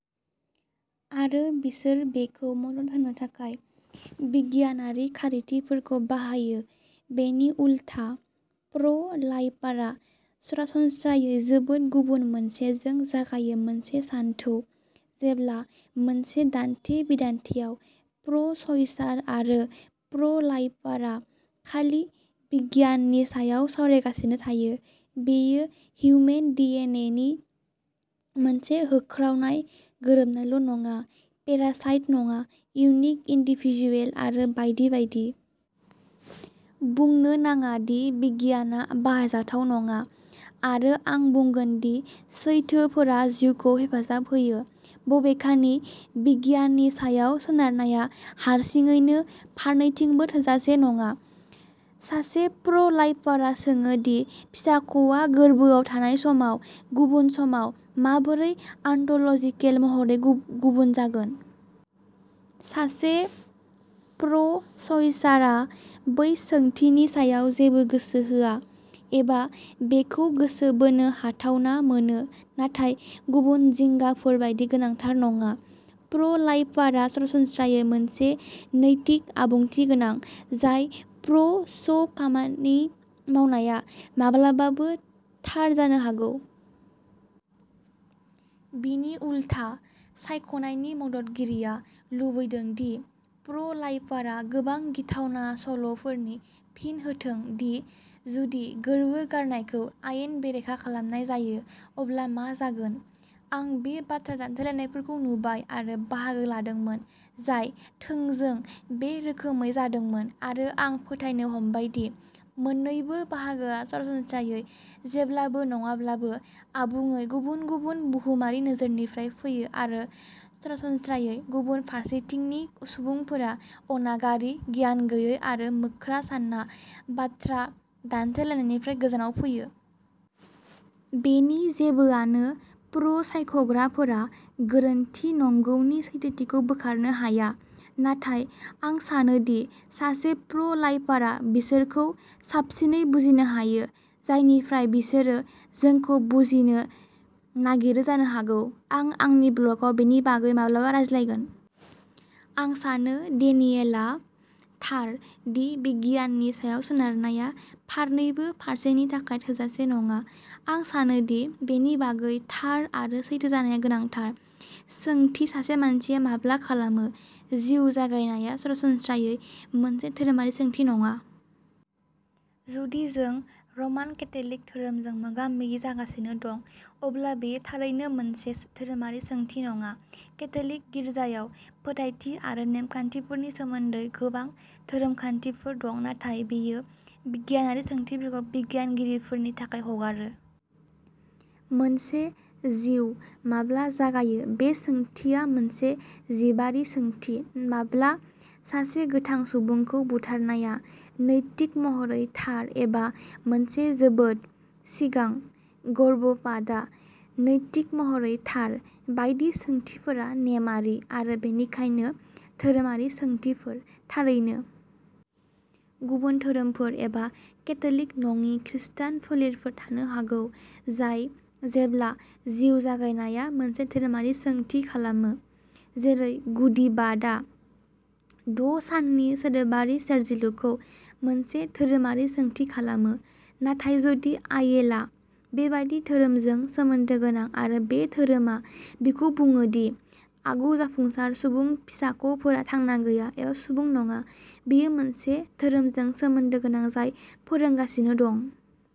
आरो बिसोर बेखौ मदद होनो थाखाय बिगियानारि खारिथिफोरखौ बाहायो बेनि उलथा, प्र' लाइफारआ सरासनस्रायै जोबोद गुबुन मोनसेजों जागायो मोनसे सानथौ। जेब्ला मोनसे दान्थे-बिदान्थेयाव प्र'- च'इसार आरो प्र'- लाइफारआ खालि बिगियाननि सायाव सावरायगासिनो थायो, बेयो हिउमेन डिएनए नि मोनसे होख्रावनाय गोरोबनायल' नङा, पेरासाइट नङा, इउनिक इन्डिभिडुएल आरो बायदि बायदि। बुंनो नाङा दि बिगियानआ बाहायजाथाव नङा, आरो आं बुंगोन दि सैथोफोरा जिउखौ हेफाजाब होयो। बबेखानि, बिगियाननि सायाव सोनारनाया हारसिङैनो फारनैथिंबो थोजासे नङा। सासे प्र'- लाइफारआ सोङो दि फिसाख'आ गोर्बोआव थानाय समाव गुबुन समाव माबोरै आनत'ल'जिकेल महरै गुबुन जागोन। सासे प्र'- च'इसारआ बै सोंथिनि सायाव जेबो गोसो होआ, एबा बेखौ गोसो बोनो हाथावना मोनो नाथाय गुबुन जिंगाफोर बायदि गोनांथार नङा। प्र'- लाइफारआ सरासनस्रायै मोनसे नैतिक आबुंथि गोनां, जाय प्र'- च' खामानि मावनाया माब्लाबाबो थार जानो हागौ। बिनि उलथा, सायख'नायनि मददगिरिआ लुबैदों दि प्र'- लाइफारआ गोबां गिथावना सल'फोरनि फिन होथों दि जुदि गोर्बो गारनायखौ आयेन बेरेखा खालामनाय जायो अब्ला मा जागोन। आं बे बाथ्रा दान्थेलायनायफोरखौ नुबाय आरो बाहागो लादोंमोन, जाय थोंजों बे रोखोमै जादोंमोन, आरो आं फोथायनो हमबाय दि मोन्नैबो बाहागोआ सरासनस्रायै, जेब्लाबो नङाब्लाबो, आबुङै गुबुन-गुबुन बुहुमारि नोजोरनिफ्राय फैयो, आरो सरासनस्रायै गुबुन फारसेथिंनि सुबुंफोरा अनागारि, गियान गैयै आरो मोख्रा सानना बाथ्रा दान्थेलायनायनिफ्राय गोजानाव फैयो। बेनि जेबोआनो प्र'- सायख'ग्राफोरा गोरोन्थि नंगौनि सैथोथिखौ बोखारनो हाया, नाथाय आं सानो दि सासे प्र'- लाइफारआ बिसोरखौ साबसिनै बुजिनो हायो, जायनिफ्राय बिसोरो जोंखौ बुजिनो नागिरो जानो हागौ आं आंनि ब्लगआव बेनि बागै माब्लाबा रायज्लायगोन। आं सानो डेनियेलआ थार दि बिगियाननि सायाव सोनारनाया फारनैबो फारसेनि थाखाय थोजासे नङा, आं सानो दि बेनि बागै थार आरो सैथो जानाया गोनांथार। सोंथि सासे मानसिया माब्ला खालामो जिउ जागायनाया सरासनस्रायै मोनसे धोरोमारि सोंथि नङा। जुदि जों रमान केथ'लिक धोरोमजों मोगा-मोगि जागासिनो दं, अब्ला बेयो थारैनो मोनसे धोरोमारि सोंथि नङा। केथ'लिक गिर्जायाव फोथायथि आरो नेम खान्थिफोरनि सोमोन्दै गोबां धोरोम खान्थिफोर दं, नाथाय बेयो बिगियानारि सोंथिफोरखौ बिगियानगिरिफोरनि थाखाय हगारो। मोनसे जिउ माब्ला जागायो बे सोंथिया मोनसे जिबारि सोंथि। माब्ला सासे गोथां सुबुंखौ बुथारनाया नैतिक महरै थार एबा मोनसे जोबोद सिगां गर्भपातआ नैतिक महरै थार बायदि सोंथिफोरा नेमआरि, आरो बेनिखायनो धोरोमारि सोंथिफोर। थारैनो गुबुन धोरोमफोर, एबा केथ'लिक नङि खृस्टान फोलेरफोर थानो हागौ, जाय जेब्ला जिउ जागायनाया मोनसे धोरोमारि सोंथि खालामो, जेरै गुदिबादआ द' साननि सोदोबारि सोरजिलुखौ मोनसे धोरोमारि सोंथि खालामो, नाथाय जुदि आइयेला बेबादि धोरोमजों सोमोन्दो गोनां आरो बे धोरोमा बिखौ बुङो दि आगु-जाफुंसार सुबुं फिसाख'फोरा थांना गैया एबा सुबुं नङा, बियो मोनसे धोरोमजों सोमोन्दो गोनां जाय फोरोंगासिनो दं।